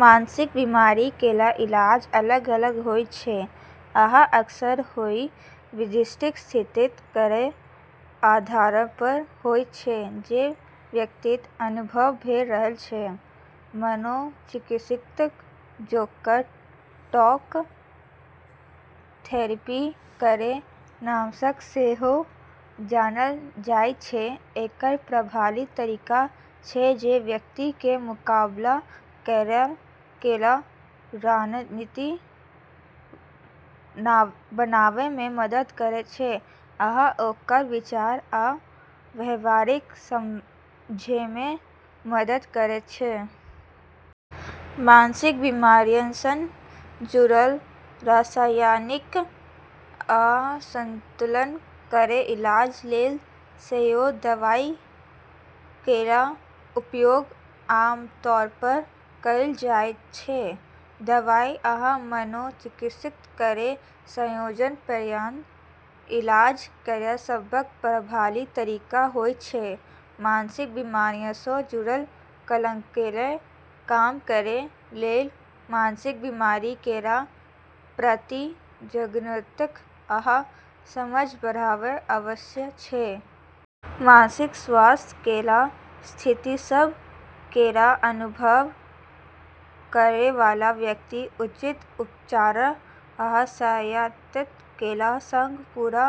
मानसिक बीमारी केर इलाज अलग-अलग होइत छै आ अक्सर ओही विशिष्ट स्थिति केर आधारपर होइत छै जे व्यक्तिक अनुभव भऽ रहल छै। मनोचिकित्सा, जेकरा टॉक थेरेपी केर नामसँ सेहो जानल जाइत छै, एकटा प्रभावी तरीका छै जे व्यक्तिकेँ मुकाबला करै केर रणनीति बनाबैमे मदद करैत छै आ ओकर विचार आ व्यवहारकेँ समझैमे मदद करैत छै। मानसिक बीमारीसँ जुड़ल रासायनिक असंतुलन केर इलाज लेल सेहो दवाई केर उपयोग आमतौरपर कएल जाइत छै। दवाई आ मनोचिकित्सा केर संयोजन प्रायः इलाज केर सबसँ प्रभावी तरीका होइत छै। मानसिक बीमारीसँ जुड़ल कलंककेँ कम करै लेल मानसिक बीमारी केर प्रति जागरूकता आ समझ बढ़ाबब आवश्यक छै। मानसिक स्वास्थ्य केर स्थितिसभ केर अनुभव करैवाला व्यक्ति उचित उपचार आ सहायता केर संग पूरा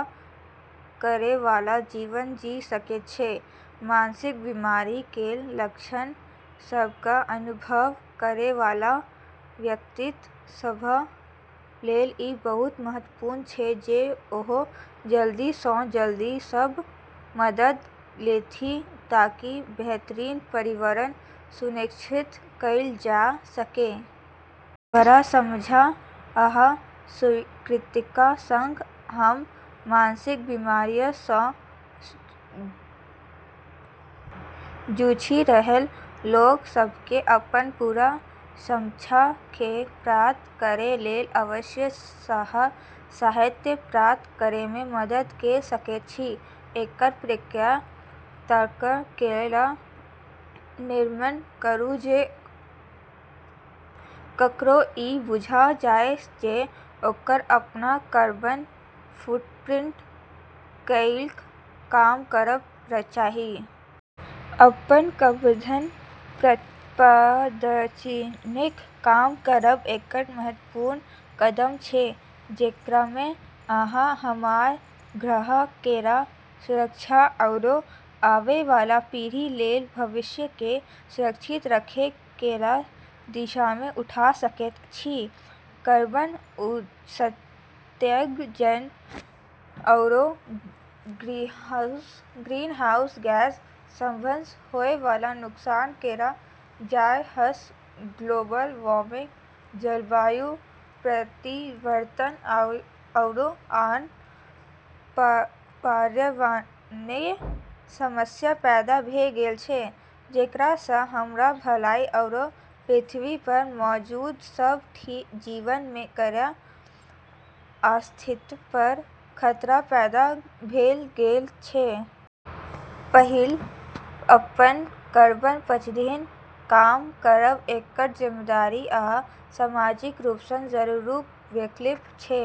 करैवाला जीवन जी सकैत छै। मानसिक बीमारी केर लक्षण सभक अनुभव करैवाला व्यक्ति सभ लेल ई बहुत महत्वपूर्ण छै जे ओ जल्दीसँ जल्दी मदद लेथि ताकि बेहतरीन परिणाम सुनिश्चित कएल जा सकए। बढ़ल समझ आ स्वीकृतिका संग, हम मानसिक बीमारीसँ जूझि रहल लोक सभकेँ अपन पूरा क्षमताकेँ प्राप्त करै लेल आवश्यक सहायता प्राप्त करैमे मदद कऽ सकैत छी। एकटा प्रेरक तर्क केर निर्माण करू जे ककरो ई बुझा सकए जे ओकरा अपन कार्बन फुटप्रिंट किऐक कम करबाक चाही। अपन कार्बन पदचिह्नकेँ कम करब एकटा महत्वपूर्ण कदम छै जेकरामे अहाँ हमर ग्रह केर सुरक्षा आरू आबैवाला पीढ़ी लेल भविष्यकेँ सुरक्षित रखै केर दिशामे उठा सकैत छी। कार्बन उत्सर्जन आरू ग्रीनहाउस गैस सभसँ होएवाला नुकसान केर वजहसँ ग्लोबल वार्मिंग, जलवायु परिवर्तन आरू आन पर्यावरणीय समस्या पैदा भऽ गेल छै जेकरासँ हमर भलाई आरू पृथ्वीपर मौजूद सब जीवन केर अस्तित्वपर खतरा पैदा भऽ गेल छै। पहिल, अपन कार्बन पदचिह्नकेँ कम करब एकटा जिम्मेदार आ सामाजिक रूपसँ जागरूक विकल्प छै।